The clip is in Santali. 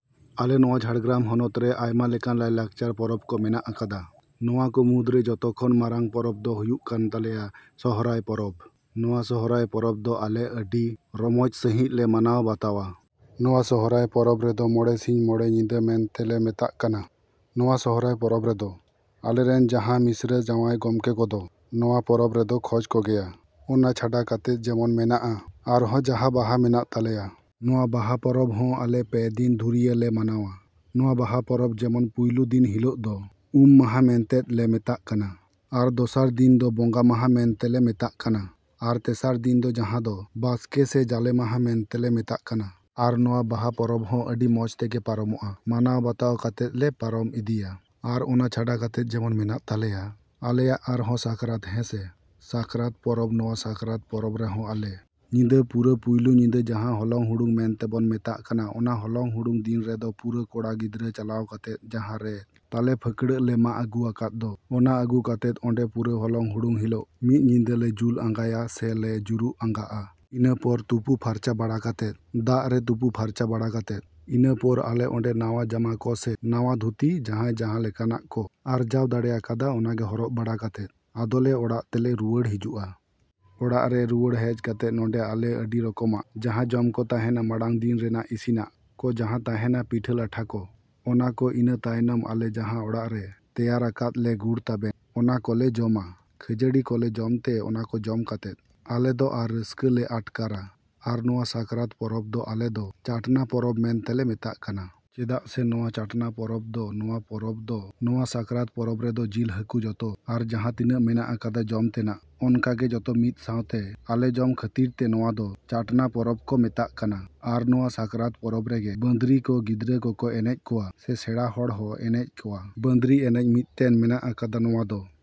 ᱟᱞᱮ ᱱᱚᱣᱟ ᱡᱷᱟᱲᱜᱨᱟᱢ ᱦᱚᱱᱚᱛ ᱨᱮ ᱟᱭᱢᱟ ᱞᱮᱠᱟᱱ ᱞᱟᱭᱞᱟᱠᱪᱟᱨ ᱯᱚᱨᱚᱵᱽ ᱠᱚ ᱢᱮᱱᱟᱜ ᱟᱠᱟᱫᱟ᱾ ᱱᱚᱣᱟ ᱠᱚ ᱢᱩᱫᱽᱨᱮ ᱡᱚᱛᱚ ᱠᱷᱚᱱ ᱢᱟᱨᱟᱝ ᱯᱚᱨᱚᱵᱽ ᱫᱚ ᱦᱩᱭᱩᱜ ᱠᱟᱱ ᱛᱟᱞᱮᱭᱟ ᱥᱚᱦᱨᱟᱭ ᱯᱚᱨᱚᱵᱽ᱾ ᱱᱚᱣᱟ ᱥᱚᱦᱨᱟᱭ ᱯᱚᱨᱚᱵᱽ ᱫᱚ ᱟᱞᱮ ᱟᱹᱰᱤ ᱨᱚᱢᱚᱡᱽ ᱥᱟᱺᱦᱤᱡ ᱞᱮ ᱢᱟᱱᱟᱣ ᱵᱟᱛᱟᱣᱟ᱾ ᱱᱚᱣᱟ ᱥᱚᱦᱨᱟᱭ ᱯᱚᱨᱚᱵᱽ ᱨᱮᱫᱚ ᱢᱚᱬᱮ ᱥᱤᱧ ᱢᱚᱬᱮ ᱧᱤᱫᱟᱹ ᱢᱮᱱᱛᱮ ᱞᱮ ᱢᱮᱛᱟᱜ ᱠᱟᱱᱟ᱾ ᱱᱚᱣᱟ ᱥᱚᱦᱨᱟᱭ ᱯᱚᱨᱚᱵᱽ ᱨᱮᱫᱚ ᱟᱞᱮ ᱨᱮᱱ ᱡᱟᱦᱟᱸ ᱢᱤᱥᱨᱟᱹ ᱡᱟᱶᱟᱭ ᱜᱚᱢᱠᱮ ᱠᱚᱫᱚ ᱱᱚᱣᱟ ᱯᱚᱨᱚᱵᱽ ᱨᱮᱫᱚ ᱠᱷᱚᱡᱽ ᱠᱚᱜᱮᱭᱟ᱾ ᱚᱱᱟ ᱪᱷᱟᱰᱟ ᱠᱟᱛᱮᱫ ᱡᱮᱢᱚᱱ ᱢᱮᱱᱟᱜ-ᱟ ᱟᱨᱦᱚᱸ ᱡᱟᱦᱟᱸ ᱵᱟᱦᱟ ᱢᱮᱱᱟᱜ ᱛᱟᱞᱮᱭᱟ᱾ ᱱᱚᱣᱟ ᱵᱟᱦᱟ ᱯᱚᱨᱚᱵᱽ ᱦᱚᱸ ᱟᱞᱮ ᱯᱮ ᱫᱤᱱ ᱫᱷᱩᱨᱭᱟᱹ ᱞᱮ ᱢᱟᱱᱟᱣᱟ᱾ ᱱᱚᱣᱟ ᱵᱟᱦᱟ ᱯᱚᱨᱚᱵᱽ ᱡᱮᱢᱚᱱ ᱯᱩᱭᱞᱩ ᱫᱤᱱ ᱦᱤᱞᱚᱜ ᱫᱚ ᱩᱢ ᱢᱟᱦᱟ ᱢᱮᱱᱛᱮᱫ ᱞᱮ ᱢᱮᱛᱟᱜ ᱠᱟᱱᱟ᱾ ᱟᱨ ᱫᱚᱥᱟᱨ ᱫᱤᱱ ᱫᱚ ᱵᱚᱸᱜᱟ ᱢᱟᱦᱟ ᱢᱮᱱᱛᱮ ᱞᱮ ᱢᱮᱛᱟᱜ ᱠᱟᱱᱟ ᱟᱨ ᱛᱮᱥᱟᱨ ᱫᱤᱱ ᱫᱚ ᱡᱟᱦᱟᱸ ᱫᱚ ᱵᱟᱥᱠᱮ ᱥᱮ ᱡᱟᱞᱮ ᱢᱟᱦᱟ ᱢᱮᱱᱛᱮ ᱞᱮ ᱢᱮᱛᱟᱜ ᱠᱟᱱᱟ᱾ ᱟᱨ ᱱᱚᱣᱟ ᱵᱟᱦᱟ ᱯᱚᱨᱚᱵᱽ ᱦᱚᱸ ᱟᱹᱰᱤ ᱢᱚᱡᱽ ᱛᱮᱜᱮ ᱯᱟᱨᱚᱢᱚᱜ-ᱟ, ᱢᱟᱱᱟᱣ ᱵᱟᱛᱟᱣ ᱠᱟᱛᱮᱫ ᱞᱮ ᱯᱟᱨᱚᱢ ᱤᱫᱤᱭᱟ᱾ ᱟᱨ ᱚᱱᱟ ᱪᱷᱟᱰᱟ ᱠᱟᱛᱮᱫ ᱡᱮᱢᱚᱱ ᱢᱮᱱᱟᱜ ᱛᱟᱞᱮᱭᱟ ᱟᱞᱮᱭᱟᱜ ᱟᱨᱦᱚᱸ ᱥᱟᱠᱨᱟᱛ ᱦᱮᱸᱥᱮ᱾ ᱥᱟᱠᱨᱟᱛ ᱯᱚᱨᱚᱵᱽ ᱱᱚᱣᱟ ᱥᱟᱠᱨᱟᱛ ᱯᱚᱨᱚᱵᱽ ᱨᱮᱦᱚᱸ ᱟᱞᱮ ᱧᱤᱫᱟᱹ ᱯᱩᱨᱟᱹ ᱯᱩᱭᱞᱩ ᱧᱤᱫᱟᱹ ᱡᱟᱦᱟᱸ ᱦᱚᱞᱚᱝ ᱦᱩᱲᱩᱝ ᱢᱮᱱᱛᱮ ᱵᱚᱱ ᱢᱮᱛᱟᱜ ᱠᱟᱱᱟ ᱚᱱᱟ ᱦᱚᱞᱚᱝ ᱦᱩᱲᱩᱝ ᱫᱤᱱ ᱨᱮᱫᱚ ᱯᱩᱨᱟᱹ ᱠᱚᱲᱟ ᱜᱤᱫᱽᱨᱟᱹ ᱪᱟᱞᱟᱣ ᱠᱟᱛᱮᱫ ᱡᱟᱦᱟᱸ ᱨᱮ ᱛᱟᱞᱮ ᱯᱷᱟᱹᱠᱲᱟᱹᱜ ᱞᱮ ᱢᱟᱜ ᱟᱹᱜᱩ ᱟᱠᱟᱫ ᱫᱚ ᱚᱱᱟ ᱟᱹᱜᱩ ᱠᱟᱛᱮᱫ ᱚᱸᱰᱮ ᱯᱩᱨᱟᱹ ᱦᱚᱞᱚᱝ ᱦᱩᱲᱩᱝ ᱦᱤᱞᱚᱜ ᱢᱤᱫ ᱧᱤᱫᱟᱹ ᱞᱮ ᱡᱩᱞ ᱟᱸᱜᱟᱭᱟ ᱥᱮ ᱞᱮ ᱡᱩᱨᱩᱜ ᱟᱸᱜᱟᱜ-ᱟ᱾ ᱤᱱᱟᱹ ᱯᱚᱨ ᱛᱩᱯᱩ ᱯᱷᱟᱨᱪᱟ ᱵᱟᱲᱟ ᱠᱟᱛᱮᱫ ᱫᱟᱜ ᱨᱮ ᱛᱩᱯᱩ ᱯᱷᱟᱨᱪᱟ ᱵᱟᱲᱟ ᱠᱟᱛᱮᱫ ᱤᱱᱟᱹ ᱯᱚᱨ ᱟᱞᱮ ᱚᱸᱰᱮ ᱱᱟᱣᱟ ᱡᱟᱢᱟ ᱠᱚ ᱥᱮ ᱱᱟᱣᱟ ᱫᱷᱩᱛᱤ ᱡᱟᱦᱟᱸᱭ ᱡᱟᱦᱟᱸ ᱞᱮᱠᱟᱱᱟᱜ ᱠᱚ ᱟᱨᱡᱟᱣ ᱫᱟᱲᱮ ᱟᱠᱟᱫᱟ ᱚᱱᱟ ᱜᱮ ᱦᱚᱨᱚᱜ ᱵᱟᱲᱟ ᱠᱟᱛᱮᱫ ᱟᱫᱚ ᱞᱮ ᱚᱲᱟᱜ ᱛᱮ ᱞᱮ ᱨᱩᱣᱟᱹᱲ ᱦᱤᱡᱩᱜ-ᱟ᱾ ᱚᱲᱟᱜ ᱞᱮ ᱨᱩᱣᱟᱹᱲ ᱦᱮᱡ ᱠᱟᱛᱮᱫ ᱱᱚᱰᱮ ᱟᱞᱮ ᱟᱹᱰᱤ ᱨᱚᱠᱚᱢᱟᱜ ᱡᱟᱦᱟᱸ ᱡᱚᱢ ᱠᱚ ᱛᱟᱦᱮᱸᱱᱟ ᱢᱟᱲᱟᱝ ᱫᱤᱱ ᱨᱮᱱᱟᱜ ᱤᱥᱤᱱᱟᱜ ᱠᱚ ᱡᱟᱦᱟᱸ ᱛᱟᱦᱮᱸᱱᱟ ᱯᱤᱴᱷᱟᱹ ᱞᱟᱴᱷᱟ ᱠᱚ ᱚᱱᱟ ᱠᱚ ᱤᱱᱟᱹ ᱛᱟᱭᱱᱚᱢ ᱟᱞᱮ ᱡᱟᱦᱟᱸ ᱚᱲᱟᱜ ᱨᱮ ᱛᱮᱭᱟᱨ ᱟᱠᱟᱫ ᱞᱮ ᱜᱩᱲ ᱛᱟᱵᱮᱱ ᱚᱱᱟ ᱠᱚ ᱞᱮ ᱡᱚᱢᱟ ᱠᱷᱟᱹᱡᱟᱹᱲᱤ ᱠᱚ ᱞᱮ ᱡᱚᱢ ᱛᱮ ᱚᱱᱟ ᱠᱚ ᱡᱚᱢ ᱠᱟᱛᱮᱫ ᱟᱞᱮ ᱫᱚ ᱟᱨ ᱨᱟᱹᱥᱠᱟᱹ ᱞᱮ ᱟᱴᱠᱟᱨᱟ ᱟᱨ ᱱᱚᱣᱟ ᱥᱟᱠᱨᱟᱛ ᱯᱚᱨᱚᱵᱽ ᱫᱚ ᱟᱞᱮ ᱫᱚ ᱪᱟᱴᱱᱟ ᱯᱚᱨᱚᱵᱽ ᱢᱮᱱᱛᱮ ᱞᱮ ᱢᱮᱛᱟᱜ ᱠᱟᱱᱟ᱾ ᱪᱮᱫᱟᱜ ᱥᱮ ᱱᱚᱣᱟ ᱪᱟᱴᱱᱟ ᱯᱚᱨᱚᱵᱽ ᱫᱚ ᱱᱚᱣᱟ ᱯᱚᱨᱚᱵᱽ ᱫᱚ ᱱᱚᱣᱟ ᱥᱟᱠᱨᱟᱛ ᱯᱚᱨᱚᱵᱽ ᱨᱮᱫᱚ ᱡᱤᱞ ᱦᱟᱹᱠᱩ ᱡᱚᱛᱚ ᱟᱨ ᱡᱟᱦᱟᱸ ᱛᱤᱱᱟᱹᱜ ᱢᱮᱱᱟᱜ ᱟᱠᱟᱫᱟ ᱡᱚᱢ ᱛᱮᱱᱟᱜ ᱚᱱᱠᱟ ᱜᱮ ᱡᱚᱛᱚ ᱢᱤᱫ ᱥᱟᱶᱛᱮ ᱟᱞᱮ ᱡᱚᱢ ᱠᱷᱟᱹᱛᱤᱨ ᱛᱮ ᱱᱚᱣᱟ ᱫᱚ ᱪᱟᱴᱱᱟ ᱯᱚᱨᱚᱵᱽ ᱠᱚ ᱢᱮᱛᱟᱜ ᱠᱟᱱᱟ ᱟᱨ ᱱᱚᱣᱟ ᱥᱟᱠᱨᱟᱛ ᱯᱚᱨᱚᱵᱽ ᱨᱮᱜᱮ ᱵᱟᱸᱫᱽᱨᱤ ᱠᱚ ᱜᱤᱫᱽᱨᱟᱹ ᱠᱚ ᱠᱚ ᱮᱱᱮᱡ ᱠᱚᱣᱟ ᱥᱮ ᱥᱮᱬᱟ ᱦᱚᱲ ᱦᱚᱸ ᱮᱱᱮᱡ ᱠᱚᱣᱟ ᱵᱟᱸᱫᱽᱨᱤ ᱮᱱᱮᱡ ᱢᱤᱫᱴᱮᱱ ᱢᱮᱱᱟᱜ ᱟᱠᱟᱫᱟ ᱱᱚᱣᱟ ᱫᱚ᱾